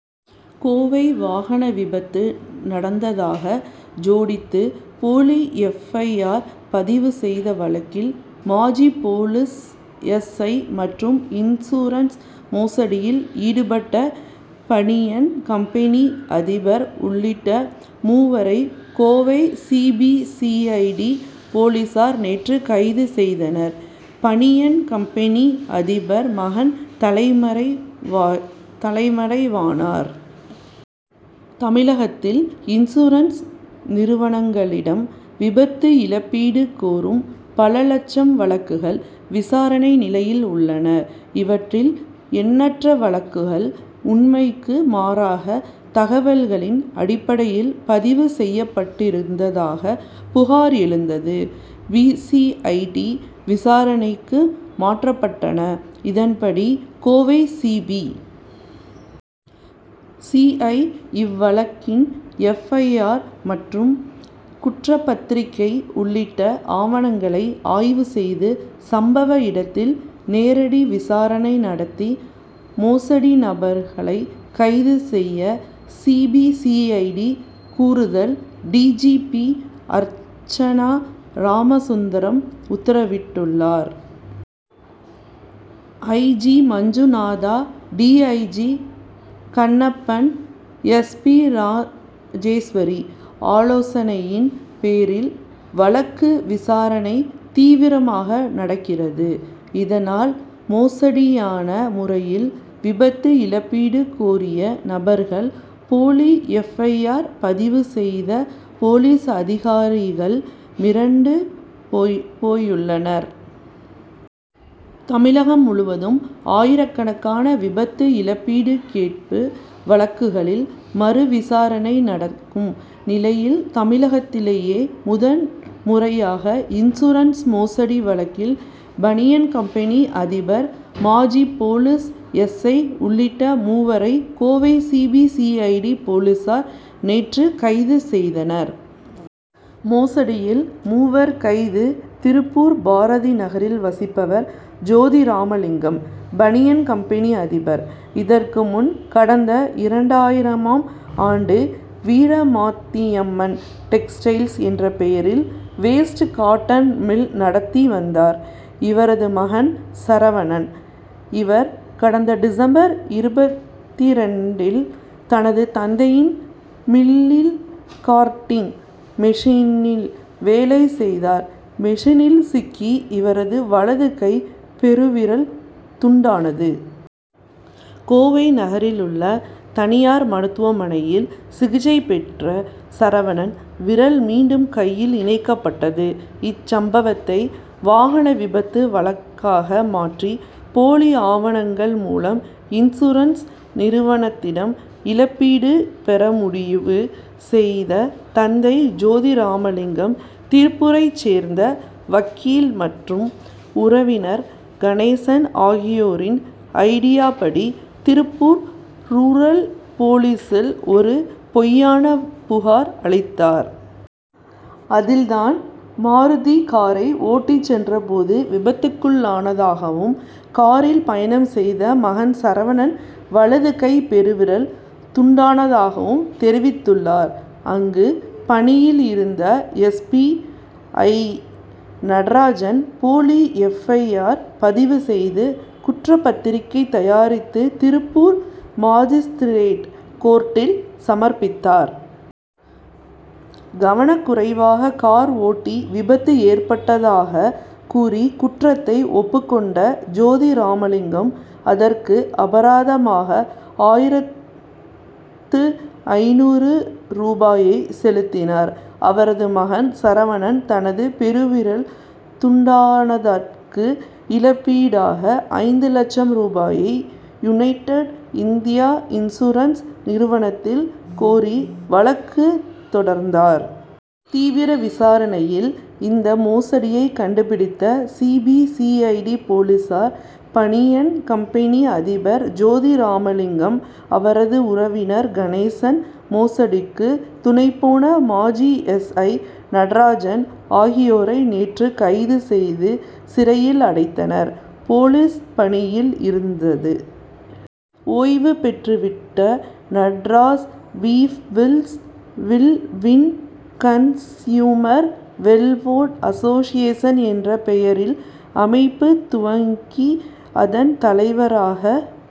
கோவை வாகன விபத்து நடந்ததாக ஜோடித்து போலி எப். ஐ. ஆர். பதிவு செய்த வழக்கில் மாஜி போலீஸ் எஸ். ஐ. மற்றும் இன்சூரன்ஸ் மோசடியில் ஈடுபட்ட பனியன் கம்பெனி அதிபர் உள்ளிட்ட மூவரை Kovai C. B. C. I. D. போலீசார் நேற்று கைது செய்தனர் பனியன் கம்பெனி அதிபர் மகன் தலைமறைவானார். தமிழகத்தில் இன்சூரன்ஸ் நிறுவனங்களிடம் விபத்து இழப்பீடு கோரும் பல லட்சம் வழக்குகள் விசாரணை நிலையில் உள்ளன. இவற்றில் எண்ணற்ற வழக்குகள் உண்மைக்கு மாறான தகவல்களின் அடிப்படையில் பதிவு செய்யப்பட்டிருப்பதாக புகார் எழுந்தது. பி. சி. ஐ. டி. விசாரணைக்கு மாற்றப்பட்டன. இதன்படி Kovai C. B. C. I. இவ்வழக்குகளின் எப். ஐ. ஆர். மற்றும் குற்றப்பத்திரிகை உள்ளிட்ட ஆவணங்களை ஆய்வு செய்து சம்பவ இடத்தில் நேரடி விசாரணை நடத்தி மோசடி நபர்களை கைது செய்ய C. B. C. I. D. கூடுதல் D. G. P. Archana Ramasundaram உத்தரவிட்டுள்ளார். I. G. Manjunatha D. I. G. Kannappan S. P. Rajeswari ஆலோசனையின் பேரில் வழக்கு விசாரணை தீவிரமாக நடக்கிறது. இதனால் மோசடியான முறையில் விபத்து இழப்பீடு கோரிய நபர்கள் போலி எப். ஐ. ஆர். பதிவு செய்த போலீஸ் அதிகாரிகள் மிரண்டு போயுள்ளனர். தமிழகம் முழுவதும் ஆயிரக்கணக்கான விபத்து இழப்பீடு கேட்பு வழக்குகளில் மறுவிசாரணை நடக்கும் நிலையில் தமிழகத்திலேயே முதன்முறையாக இன்சூரன்ஸ் மோசடி வழக்கில் பனியன் கம்பெனி அதிபர் மாஜி போலீஸ் எஸ். ஐ. உள்ளிட்ட மூவரை Kovai C. B. C. I. D. போலீசார் நேற்று கைது செய்தனர். மோசடியில் மூவர் கைது திருப்பூர் பாரதி நகரில் வசிப்பவர் ஜோதிராமலிங்கம் பனியன் கம்பெனி அதிபர். இதற்கு முன் கடந்த இரண்டாயிரமாம் ஆண்டில் வீரமாத்தியம்மன் டெக்ஸ்டைல்ஸ் என்ற பெயரில் வேஸ்ட் காட்டன் மில் நடத்தி வந்தார் இவரது மகன் சரவணன். இவர் கடந்த டிச. இருபத்திரண்டில் தனது தந்தையின் மில்லில் கார்டிங் மெஷினில் வேலை செய்தார் மெஷினில் சிக்கி இவரது வலது கை பெருவிரல் துண்டானது. கோவை நகரிலுள்ள தனியார் மருத்துவமனையில் சிகிச்சை பெற்ற சரவணனின் விரல் மீண்டும் கையில் இணைக்கப்பட்டது. இச்சம்பவத்தை வாகன விபத்து வழக்காக மாற்றி போலி ஆவணங்கள் மூலம் இன்சூரன்ஸ் நிறுவனத்திடம் இழப்பீடு பெற முடிவு செய்த தந்தை ஜோதி ராமலிங்கம் திருப்பூரைச் சேர்ந்த வக்கீல் மற்றும் உறவினர் கணேசன் ஆகியோரின் ஐடியா படி திருப்பூர் ரூரல் போலீசில் ஒரு பொய்யான புகார் அளித்தார். அதில் தான் மாருதி காரை ஓட்டிச் சென்ற போது விபத்துக்குள்ளானதாகவும் காரில் பயணம் செய்த மகன் சரவணனின் வலது கை பெருவிரல் துண்டானதாகவும் தெரிவித்திருந்தார். அங்கு பணியில் இருந்த சிறப்பு எஸ். ஐ. நடராஜன் போலி எப். ஐ. ஆர். பதிவு செய்து குற்றப்பத்திரிகை தயாரித்து திருப்பூர் மாஜிஸ்திரேட் கோர்ட்டில் சமர்ப்பித்தார். கவனக்குறைவாக கார் ஓட்டி விபத்து ஏற்படுத்தியதாக கூறி குற்றத்தை ஒப்புக்கொண்ட ஜோதி ராமலிங்கம் அதற்கு அபராதமாக ஆயிரத்து ஐந்நூறு ரூபாயை செலுத்தினார். அவரது மகன் சரவணன் தனது பெருவிரல் துண்டானதற்கு இழப்பீடாக ஐந்து லட்சம் ரூபாயை யுனைடெட் இந்தியா இன்ஸ்சூரன்ஸ் நிறுவனத்திடம் கோரி வழக்கு தொடர்ந்தார். தீவிர விசாரணையில் இந்த மோசடியை கண்டுபிடித்த C. B. C. I. D. போலீசார் பனியன் கம்பெனி அதிபர் ஜோதிராமலிங்கம் அவரது உறவினர் கணேசன் மோசடிக்கு துணைபோன மாஜி எஸ். ஐ. நடராஜன் ஆகியோரை நேற்று கைது செய்து சிறையில் அடைத்தனர். போலீஸ் பணியில் இருந்து ஓய்வு பெற்றுவிட்ட Nataraj peoples will win consumer welfare association என்ற பெயரில் அமைப்பு துவக்கி அதன் தலைவராக